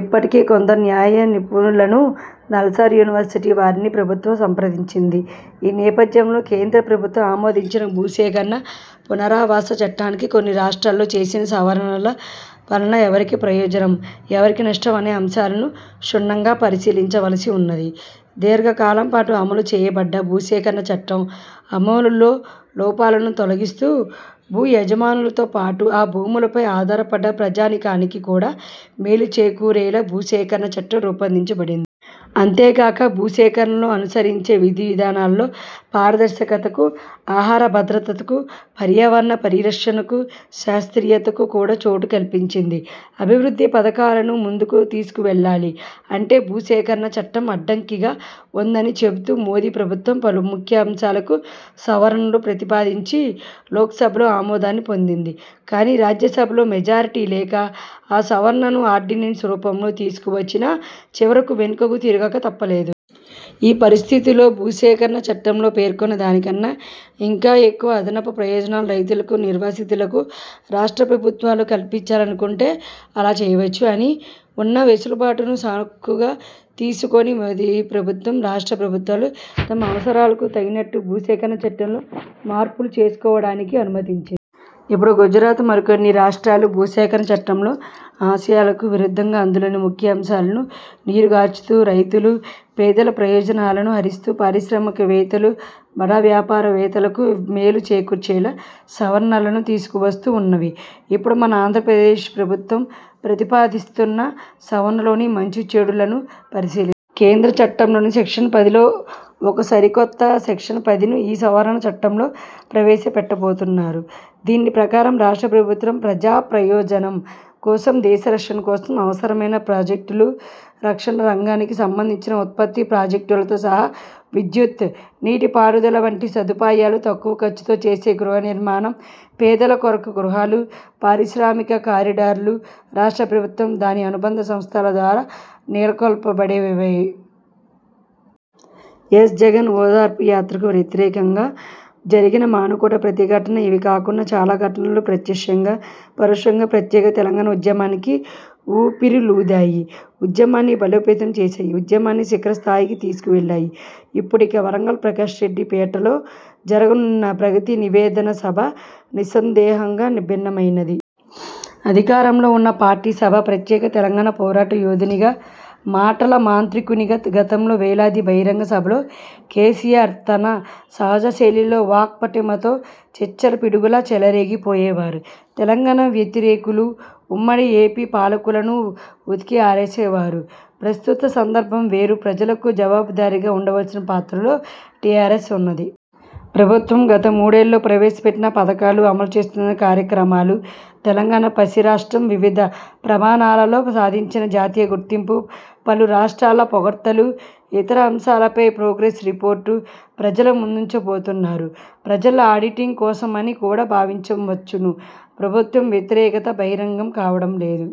ఇప్పటికే కొందరు న్యాయ నిపుణులను, నల్సార్ యూనివర్సిటీ వారిని ప్రభుత్వం సంప్రదించింది. ఈ నేపథ్యంలో కేంద్ర ప్రభుత్వం ఆమోదించిన భూసేకరణ పునరావాస చట్టానికి కొన్ని రాష్ట్రాల్లో చేసిన సవరణల వలన ఎవరికి ప్రయోజనం, ఎవరికి నష్టం అనే అంశాలను క్షుణ్ణంగా పరిశీలించవలసి ఉన్నది. దీర్ఘకాలం పాటు అమలుచేయబడ్డ భూసేకరణ చట్టం అమలులో లోపాలను తొలగిస్తూ, భూయజమానులతో పాటు ఆ భూములపై ఆధారపడ్డ ప్రజానీకానికి కూడా మేలు చేకూరేలా భూసేకరణ చట్టం రూపొందించబడిం అంతేగాక భూసేకరణలో అనుసరించే విధివిధానాలలో పారదర్శకతకు, ఆహారభద్రతకు, పర్యావరణ పరిరక్షణకు, శాస్త్రీయతకు కూడా చోటు కల్పించింది. అభివృద్ధి పథకాలను ముందుకు తీసుకువెళ్లాలి అంటే భూసేకరణ చట్టం అడ్డంకిగా ఉందని చెబుతూ మోదీ ప్రభుత్వం పలు ముఖ్య అంశాలకు సవరణలు ప్రతిపాదించి లోక్సభలో ఆమోదాన్ని పొందింది. కానీ రాజ్యసభలో మెజారిటీ లేక ఆ సవరణను ఆర్డినెన్స్ రూపంలో తీసుకువచ్చినా చివరకు వెనుకకు తిరగక తప్పలేదు. ఈ పరిస్థితుల్లో భూసేకరణ చట్టంలో పేర్కొన్న దానికన్నా ఇంకా ఎక్కువ అదనపు ప్రయోజనాలు రైతులకు, నిర్వాసితులకు రాష్ట్ర ప్రభుత్వాలు కల్పించాలనుకుంటే అలా చేయవచ్చు అని ఉన్న వెసులుబాటును సాకుగా తీసుకుని మోదీ ప్రభుత్వం, రాష్ట్ర ప్రభుత్వాలు తమ అసవరాలకు తగినట్టు భూసేకరణ చట్టంలో మార్పులు చేసుకోవడానికి అనుమతించిం ఇప్పుడు గుజరాత్ మరికొన్ని రాష్ర్టాలు భూసేకరణ చట్టంలో ఆశయాలకు విరుద్ధంగా అందులోని ముఖ్య అంశాలను నీరుగార్చుతూ రైతులు, పేదల ప్రయోజనాలను హరిస్తూ పారిశ్రామికవేత్తలు, బడా వ్యాపారవేత్తలకు మేలు చేకూర్చేలా సవరణలను తీసుకువస్తూ ఉన్నవి. ఇప్పుడు మన ఆంధ్రప్రదేశ్ ప్రభుత్వం ప్రతిపాదిస్తున్న సవరణలోని మంచి చెడులను పరిశీలి. కేంద్ర చట్టంలోని సెక్షన్ పదిలో ఒక సరికొత్త సెక్షన్ పదిను ఈ సవరణ చట్టంలో ప్రవేశపెట్టబోతున్నారు. దీని ప్రకారం రాష్ట్ర ప్రభుత్వం ప్రజాప్రయోజనం కోసం దేశ రక్షణ కోసం అవసరమైన ప్రాజెక్టులు రక్షణ రంగానికి సంబంధించిన ఉత్పత్తి ప్రాజెక్టులతో సహా, విద్యుత్, నీటి పారుదల వంటి సదుపాయాలు తక్కువ ఖర్చుతో చేసే గృహ నిర్మాణం, పేదల కొరకు గృహాలు, పారిశ్రామిక కారిడార్లు రాష్ట్ర ప్రభుత్వం, దాని అనుబంధ సంస్థల ద్వారా నెలకొల్పబడేవి ఎస్. జగన్ ఓదార్పు యాత్రకు వ్యతిరేకంగా జరిగిన మానుకోట ప్రతిఘటన. ఇవి కాకుండా చాలా ఘటనలు ప్రత్యక్షంగా, పరోక్షంగా ప్రత్యేక తెలంగాణ ఉద్యమానికి ఊపిరులూదాయి. ఉద్యమాన్ని బలోపేతం చేశాయి. ఉద్యమాన్ని శిఖర స్థాయికి తీసుకు వెళ్ళాయి. ఇప్పుడిక వరంగల్ ప్రకాష్ రెడ్డి పేటలో జరగనున్న 'ప్రగతి నివేదన సభ' నిస్సందేహంగా భిన్నమైనది. అధికారంలో ఉన్న పార్టీ సభ. ప్రత్యేక తెలంగాణ పోరాట యోధునిగా, మాటల మాంత్రికునిగా గతంలో వేలాది బహిరంగ సభలలో కేసీఆర్ తన సహజ శైలిలో, వాక్పటిమతో చిచ్చర పిడుగులా చెలరేగిపోయేవారు. తెలంగాణ వ్యతిరేకులు, ఉమ్మడి ఏపీ పాలకులను ఉతికి ఆరేసేవారు. ప్రస్తుత సందర్భం వేరు. ప్రజలకు జవాబుదారీగా ఉండవలసిన పాత్రలో టీఆర్ఎస్ ఉన్నది. ప్రభుత్వం గత మూడేళ్లలో ప్రవేశపెట్టిన పథకాలు, అమలు చేస్తున్న కార్యక్రమాలు, తెలంగాణ పసి రాష్ట్రం వివిధ ప్రమాణాలలో సాధించిన జాతీయ గుర్తింపు, పలు రాష్ట్రాల పొగడ్తలు, ఇతర అంశాలపై 'ప్రోగ్రెస్ రిపోర్టు' ప్రజల ముందుంచబోతున్నారు. ప్రజల ఆడిటింగ్ కోసమని కూడా భావించవచ్చును. ప్రభుత్వం వ్యతిరేకత బహిరంగం కావడం లేదు.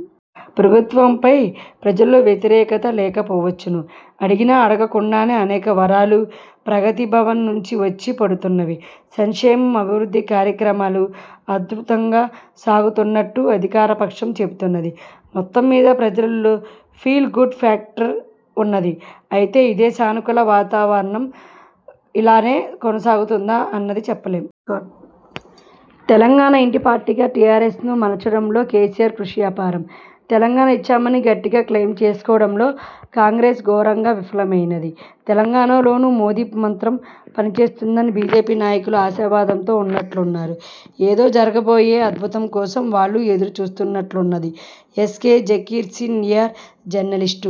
ప్రభుత్వంపై ప్రజల్లో వ్యతిరేకత లేకపోవచ్చును. అడిగినా, అడగకుండానే అనేక వరాలు 'ప్రగతి భవన్' నుంచి వచ్చి పడుతున్నవి. సంక్షేమం, అభివృద్ధి కార్యక్రమాలు అధృతంగా సాగుతున్నట్టు అధికారపక్షం చెబుతున్నది. మొత్తంమీద ప్రజలలో 'ఫీల్ గుడ్' ఫ్యాక్టర్ ఉన్నది. అయితే ఇదే సానుకూల వాతావరణం ఇలాగే కొనసాగుతుందా అన్నది చెప్పలేం. తెలంగాణ ఇంటి పార్టీగా టీఆర్ఎస్ ను మలచడంలో కేసీఆర్ కృషి అపారం. తెలంగాణ ఇచ్చామని గట్టిగా క్లయిం చేసుకోవడంలో కాంగ్రెస్ ఘోరంగా విఫలమైనది. తెలంగాణలోనూ మోదీ మంత్రం పనిచేస్తుందని బీజేపీ నాయకులు ఆశావాదంతో ఉన్నట్లున్నారు. ఏదో జరగబోయే 'అద్భుతం' కోసం వాళ్ళు ఎదురు చూస్తున్నట్లున్నది. ఎస్. కె. జకీర్సీనియర్ జర్నలిస్ట్